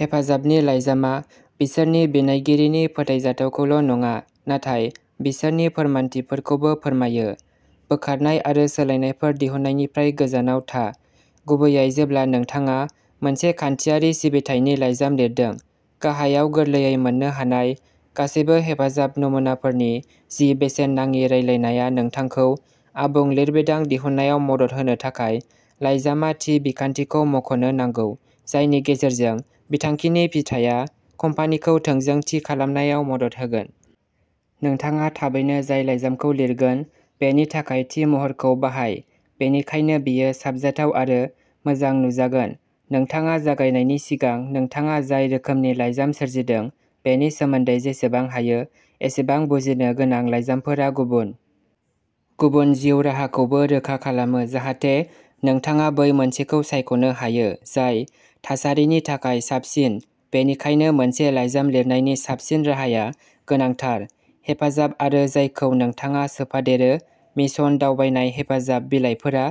हेफाजाबनि लाइजामआ बिसोरनि बिनायगिरिनि फोथायजाथावखौल' नङा नाथाय बिसोरनि फोरमानथिफोरखौबो फोरमायो बोखारनाय आरो सोलायनायफोर दिहुननायनिफ्राय गोजानाव था गुबैयै जेब्ला नोंथाङा मोनसे खान्थियारि सिबिथायनि लाइजाम लिरदों गाहायाव गोरलैयै मोन्नो हानाय गासैबो हेफाजाब नमुनाफोरनि जि बेसेन नाङि रायलायनाया नोंथांखौ आबुं लिरबिदां दिहुननायाव मदद होनो थाखाय लाइजामआ थि बिखान्थिखौ मख'नो नांगौ जायनि गेजेरजों बिथांखिनि फिथाया कम्पानिखौ थोंजों थि खालामनायाव मदद होगोन। नोंथाङा थाबैनो जाय लाइजामखौ लिरगोन बेनि थाखाय थि महरखौ बाहाय बेनिखायनो बेयो साबजाथाव आरो मोजां नुजागोन नोंथाङा जागायनायनि सिगां नोंथाङा जाय रोखोमनि लाइजाम सोरजिदों बेनि सोमोन्दै जेसेबां हायो एसेबां बुजिनो गोनां लाइजामफोरा गुबुन गुबुन जिउ राहाखौबो रोखा खालामो जाहाथे नोंथाङा बै मोनसेखौ सायख'नो हायो जाय थासारिनि थाखाय साबसिन बेनिखायनो मोनसे लाइजाम लिरनायनि साबसिन राहाया गोनांथार हेफाजाब आरो जायखौ नोंथाङा सोफादेरो मिशन दावबायनाय हेफाजाब बिलायफोरा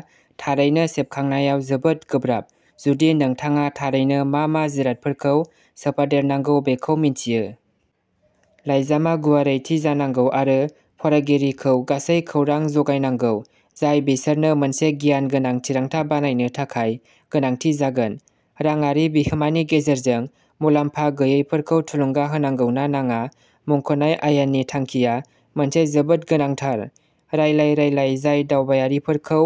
थारैनो सेबखांनायाव जोबोद गोब्राब जुदि नोंथाङा थारैनो मा मा जिरादफोरखौ सोफादेरनांगौ बेखौ मिन्थियो। लाइजामआ गुवारै थि जानांगौ आरो फरायगिरिखौ गासै खौरां जगायनांगौ जाय बिसोरनो मोनसे गियान गोनां थिरांथा बानायनो थाखाय गोनांथि जागोन रांआरि बिहोमानि गेजेरजों मुलाम्फा गैयैफोरखौ थुलुंगा होनांगौ ना नाङा मुंख'नाय आयेननि थांखिआ मोनसे जोबोद गोनांथार रायलाय रायलाय जाय दावबायारिफोरखौ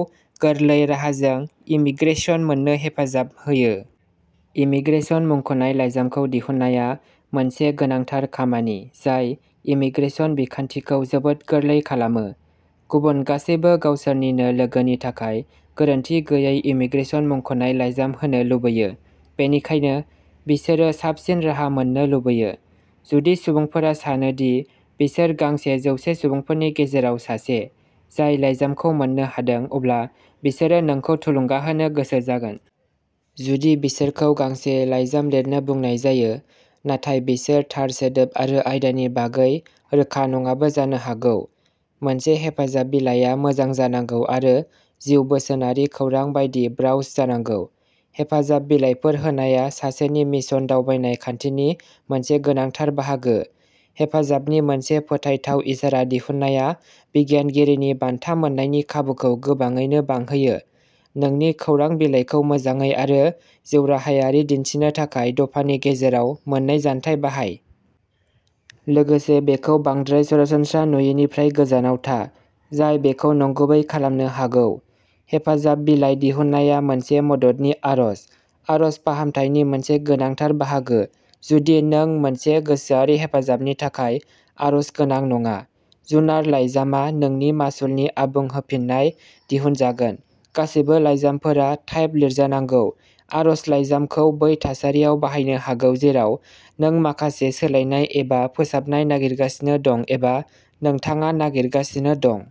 गोरलै राहाजों इमीग्रेसन मोननो हेफाजाब होयो। इमीग्रेसन मुंख'नाय लाइजामखौ दिहुननाया मोनसे गोनांथार खामानि जाय इमीग्रेसन बिखान्थिखौ जोबोद गोरलै खालामो। गुबुन गासैबो गावसोरनिनो लोगोनि थाखाय गोरोन्थि गैयै इमीग्रेसन मुंख'नाय लाइजाम होनो लुबैयो बेनिखायनो बिसोरो साबसिन राहा मोन्नो लुबैयो। जुदि सुबुंफोरा सानो दि बिसोर गांसे जौसे सुबुंफोरनि गेजेराव सासे जाय लाइजामखौ मोन्नो हादों अब्ला बिसोरो नोंखौ थुलुंगा होनो गोसो जागोन। जुदि बिसोरखौ गांसे लाइजाम लिरनो बुंनाय जायो नाथाय बिसोर थार सोदोब आरो आयदानि बागै रोखा नङाबो जानो हागौ। मोनसे हेफाजाब बिलायआ मोजां जानांगौ आरो जिउ बोसोनारि खौरां बायदि ब्रावस जानांगौ हेफाजाब बिलायफोर होनाया सासेनि मिशन दावबायनाय खान्थिनि मोनसे गोनांथार बाहागो हेफाजाबनि मोनसे फोथायथाव इसारा दिहुननाया बिनायगिरिनि बान्था मोन्नायनि खाबुखौ गोबाङैनो बांहोयो नोंनि खौरां बिलाइखौ मोजाङै आरो जिउराहायारि दिन्थिनो थाखाय दफानि गेजेराव मोननै जानथाय बाहाय। लोगोसे बेखौ बांद्राय सरासनस्रा नुयिनिफ्राय गोजानाव था, जाय बेखौ नंगुबै खालामनो हागौ। हेफाजाब बिलाइ दिहुननाया मोनसे मददनि आर'ज आर'ज फाहामथायनि मोनसे गोनांथार बाहागो जुदि नों मोनसे गोसोआरि हेफाजाबनि थाखाय आर'ज गोनां नङा जुनार लाइजामआ नोंनि मासुलनि आबुं होफिन्नाय दिहुनजागोन गासैबो लाइजामफोरा टाइप लिरजानांगौ आर'ज लायजामखौ बै थासारियाव बाहायनो हागौ जेराव नों माखासे सोलायनाय एबा फोसाबनाय नागिरगासिनो दं एबा नोंथाङा नागिरगासिनो दं।